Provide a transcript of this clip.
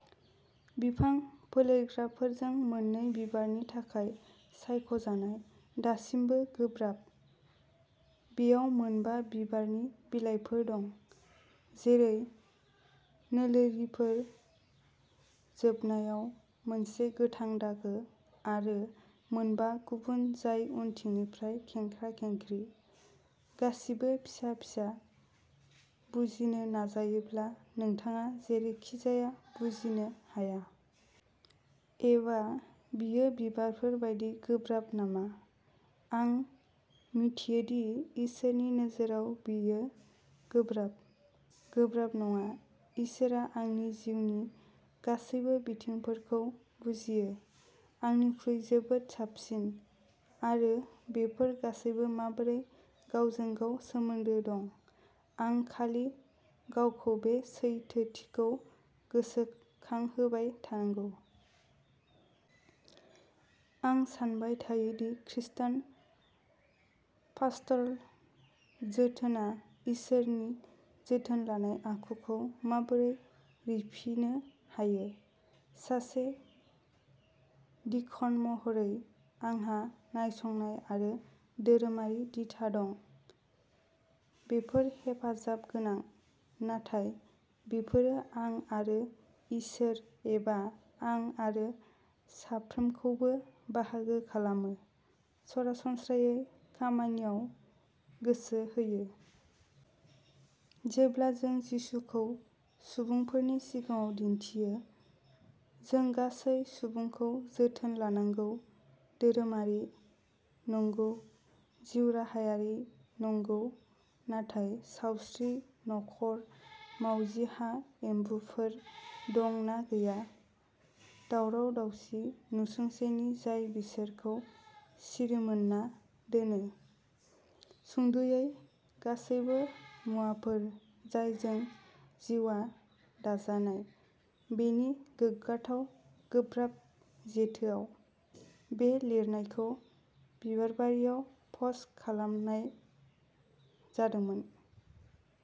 बिफां फोलेरग्राफोरजों मोननै बिबारनि थाखाय सायख'जानाय, दासिमबो गोब्राब। बेयाव मोनबा बिबारनि बिलाइफोर दं, जेरै नोलिफोर, जोबनायाव मोनसे गोथां दागो, आरो मोनबा गुबुन जाय उनथिंजाय खेंख्रा-खेंख्रि। गासिबो फिसा फिसा बुजिनो नाजायोब्ला, नोंथाङा जेरैखिजाया बुजिनो हाया। एबा बेयो बिबारफोर बायदि गोब्राब नामा? आं मिन्थियोदि इसोरनि नोजोराव बेयो गोब्राब, गोब्राब नङा। इसोरआ आंनि जिउनि गासैबो बिथिंफोरखौ बुजियो, आंनिख्रुइ जोबोद साबसिन, आरो बेफोर गासैबो माबोरै गावजों-गाव सोमोन्दो दं। आं खालि गावखौ बे सैथोथिखौ गोसोखांहोबाय थानांगौ। आं सानबाय थायो दि खृष्टान पास्टरल जोथोनआ इसोरनि जोथोन लानाय आखुखौ माबोरै रिफिनो हायो। सासे डिकन महरै आंहा नायसंनाय आरो धोरोमारि दिथा दं। बेफोर हेफाजाब गोनां, नाथाय बेफोरो आं आरो इसोर एबा आं आरो साफ्रोमखौबो बाहागो खालामो, सरासनस्रायै खामानियाव गोसो होयो। जेब्ला जों जिसुखौ सुबुंफोरनि सिगाङाव दिन्थियो, जों गासै सुबुंखौ जोथोन लानांगौ धोरोमारि, नंगौ, जिउराहायारि, नंगौ, नाथाय सावस्रि, नखर, मावजिहा एम्बुफोर दं ना गैया, दावराव दावसि नसुंसेनि जाय बिसोरखौ सिरिमोनना दोनो। सुंद'यै, गासैबो मुवाफोर जायजों जिउआ दाजानाय, बेनि गोग्गाथाव गोब्राब जेथोआव। बे लिरनायखौ बिबारबारियाव पस्ट खालामनाय जादोंमोन